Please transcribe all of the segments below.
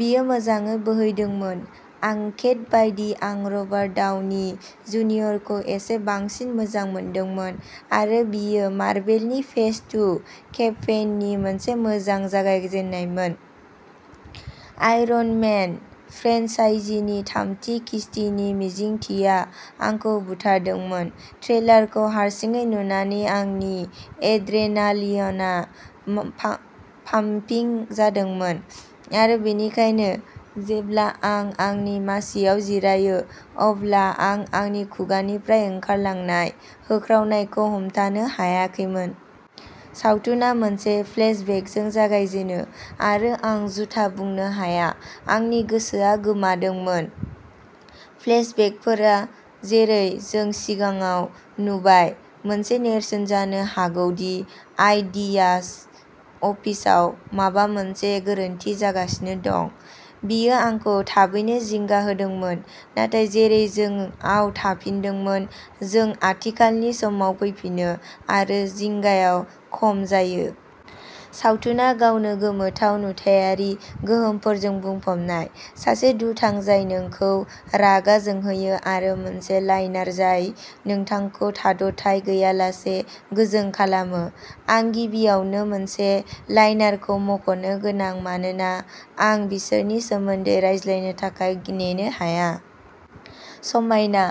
बेयो मोजाङै बोहैदोंमोन। आं केट बायदि आं रबार्ट डाउनि जुनियरखौ एसे बांसिन मोजां मोनदोंमोन आरो बेयो मारभेलनि फेज थु केम्पेइननि मोनसे मोजां जागायजेन्नायमोन। आयरन मेन फ्रेन्चाइजीनि थामथि किस्तिनि मिजिंथिया आंखौ बुथारदोंमोन, ट्रेलारखौ हारसिङै नुनानै आंनि एड्रेनालिनआ पाम्पिं जादोंमोन, आरो बेनिखायनो जेब्ला आं आंनि मासिआव जिरायो अब्ला आं आंनि खुगानिफ्राय ओंखारलांनाय होख्रावनायखौ हमथानो हायाखैमोन। सावथुना मोनसे फ्लेशबेकजों जागायजेनो आरो आं झूथा बुंनो हाया, आंनि गोसोआ गोमादोंमोन। फ्लेशबेकफोरा जेरै जों सिगाङाव नुबाय मोनसे नेरसोन जानो हागौ दि आइडियाज अफिसआव माबा मोनसे गोरोन्थि जागासिनो दं। बेयो आंखौ थाबैनो जिंगा होदोंमोन नाथाय जेरै जों आव थांफिनदोंमोन, जों आथिखालनि समाव फैफिनो आरो जिंगाया खम जायो। सावथुना गावनो गोमोथाव नुथायारि गोहोमफोरजों बुंफबनाय, सासे दुथां जाय नोंखौ रागा जोंहोयो आरो मोनसे लाइनार जाय नोंथांखौ थाद'थाय गैयालासे गोजों खालामो। आं गिबियावनो मोनसे लाइनारखौ मख'नो गोनां मानोना आं बिसोरनि सोमोन्दै रायज्लायनो थाखाय नेनो हाया। समायना,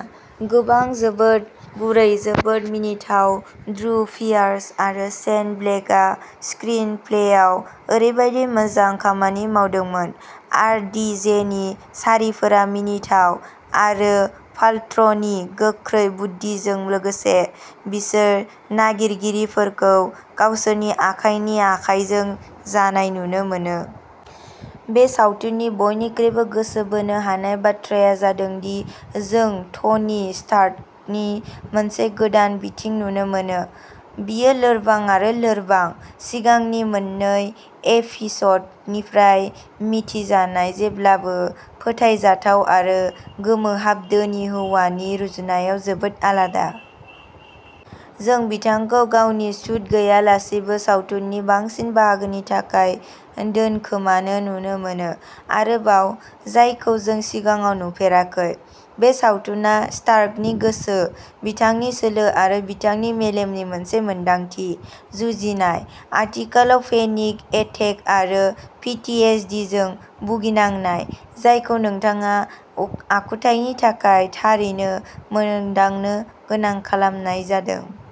गोबां जोबोद गुरै जोबोद मिनिथाव ड्रु पियार्स आरो शेन ब्लेकआ स्क्रिन प्लेआव ओरैबायदि मोजां खामानि मावदोंमोन। आरडिजेनि सारिफोरा मिनिथाव आरो पाल्ट्र'नि गोख्रै बुद्दिजों लोगोसे बिसोर नागिरिफोरखौ गावसोरनि आखाइनि आखाइजों जानाय नुनो मोनो।। बे सावथुननि बयनिख्रुइ गोसो बोनो हानाय बाथ्राया जादों दि जों टनि स्टार्कनि मोनसे गोदान बिथिं नुनो मोनो, बियो लोरबां आरो लोरबां सिगांनि मोन्नै एपिस'डनिफ्राय मिथिजानाय जेब्लाबो फोथायजाथाव आरो गोमोहाब धोनि हौवानि रुजुनायाव जोबोद आलादा। जों बिथांखौ गावनि सुट गैयालासेबो सावथुननि बांसिन बाहागोनि थाखाय दोनखोमानो नुनो मोनो, आरोबाव जायखौ जों सिगाङाव नुफेराखै। बे सावथुना स्टार्कनि गोसो, बिथांनि सोलो आरो बिथांनि मेलेमनि मोनसे मोनदांथि। जुजिनाय आथिखालाव पेनिक एटेक आरो पि थि एस डि जों भुगिनांनाय, जायखौ नोंथाङा आखुथायनि थाखाय थारैनो मोनदांनो गोनां खालामनाय जादों।